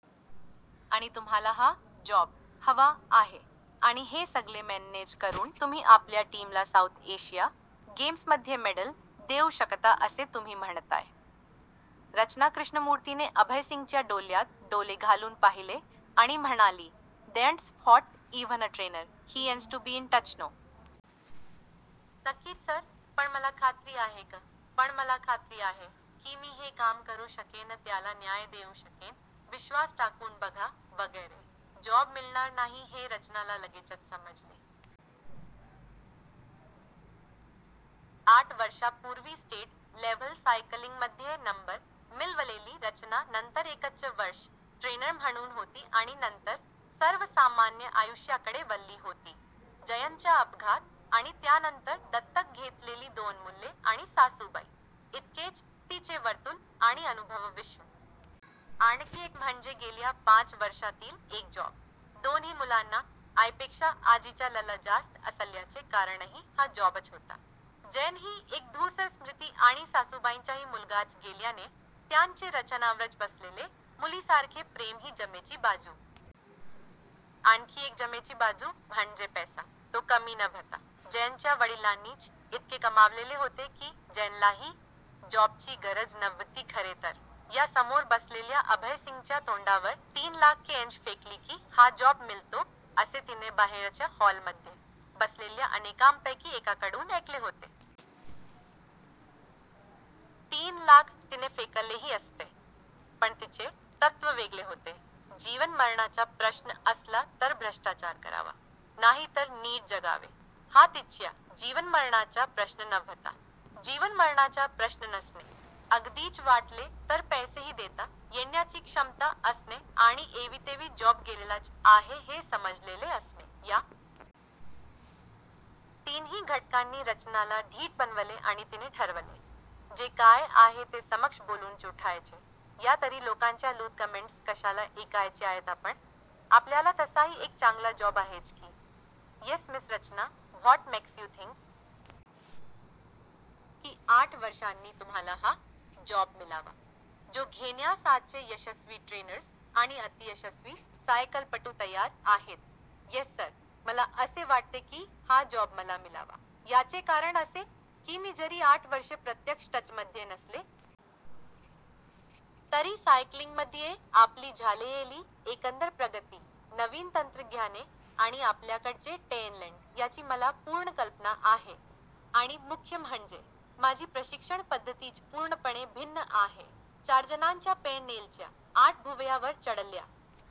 आणि तुम्हाला हा जॉब हवा आहे. आणि हे सगळे मॅनेज करून तुम्ही आपल्या टीमला साऊथ एशिया गेम्समध्ये मेडल देऊ शकता असे तुम्ही म्हणताय. " रचना कृष्णमूर्थीने अभय सिंगच्या डोळ्यात डोळे घालून पाहिले आणि म्हणाली,"दॅट्स what even a trainer has to be in touch no? " "नक्कीच सर, पण मला खात्री आहे क " "पण मला खात्री आहे. की मी हे काम करू शकेन त्याला न्याय देऊ शकेन, विश्वास टाकून बघा, वगैरे" जॉब मिळणार नाही हे रचनाला लगेचच समजले. आठ वर्षापूर्वी स्टेट लेव्हल सायकलिंगमध्ये नंबर मिळवलेली रचना नंतर एकच वर्ष ट्रेनर म्हणून होती आणि नंतर सर्वसामान्य आयुष्याकडे वळली होती. जयनचा अपघात आणि त्यानंतर दत्तक घेतलेली दोन मुले आणि सासूबाई. इतकेच तिचे वर्तुळ आणि अनुभवविश्व. आणखी एक म्हणजे गेल्या पाच वर्षातील एक जॉब. दोन्ही मुलांना आईपेक्षा आजीचा लळा जास्त असल्याचे कारणही हा जॉबच होता. जयन ही एक धूसर स्मृती आणी सासूबाईंचाही मुलगाच गेल्याने त्यांचे रचनावरच बसलेले मुलीसारखे प्रेम ही जमेची बाजू. आणखी एक जमेची बाजू म्हणजे पैसा. तो कमी नव्हता. जयनच्या वडिलांनीच इतके कमावलेले होते की जयनलाही जॉबची गरज नव्हती खरे तर. या समोर बसलेल्या अभय सिंगच्या तोंडावर तीन लाख कॅश फेकली की हा जॉब मिळतो असे तिने बाहेरच्या हॉलमध्ये बसलेल्या अनेकांपैकी एकाकडून ऐकले होते. तीन लाख तिने फेकलेही असते. पण तिचे तत्व वेगळे होते. जीवन मरणाचा प्रश्न असला तर भ्रष्टाचार करावा. नाहीतर नीट जगावे. हा तिच्या जीवनमरणाचा प्रश्न नव्हता. जीवन मरणाचा प्रश्न नसणे, अगदीच वाटले तर पैसेही देता येण्याची क्षमता असणे आणि एवीतेवी जॉब गेलेलाच आहे हे समजलेले असणे.या तीनही घटकांनी रचनाला धीट बनवले आणि तिने ठरवले. जे काय आहे ते समक्ष बोलूनच उठायचे. या तरी लोकांच्या लूज कमेंट्स कशाला ऐकायच्यायत आपण? आपल्याला तसाही एक चांगला जॉब आहेच की? "Yes miss Rachana, what makes you think? की आठ वर्षांनी तुम्हाला हा जॉब मिळावा. जो घेण्यास आजचे यशस्वी ट्रेनर्स आणि अतियशस्वी सायकलपटू तयार आहेत? " "येस सर, मला असे वाटते की हा जॉब मला मिळावा. याचे कारण असे.. की मी जरी आठ वर्षे प्रत्यक्ष टचमध्ये नसले. तरी सायकलिंगमद्ये आपली झालेली एकंदर प्रगती, नवीन तंत्रज्ञाने आणि आपल्याकडचे टॅलेंट याची मला पूर्ण कल्पना आहे. आणि मुख्य म्हणजे. माझी प्रशिक्षण पद्धतीच पूर्णपणे भिन्न आहे. " चारजणांच्या पॅनेलच्या आठ भुवया वर चढल्या.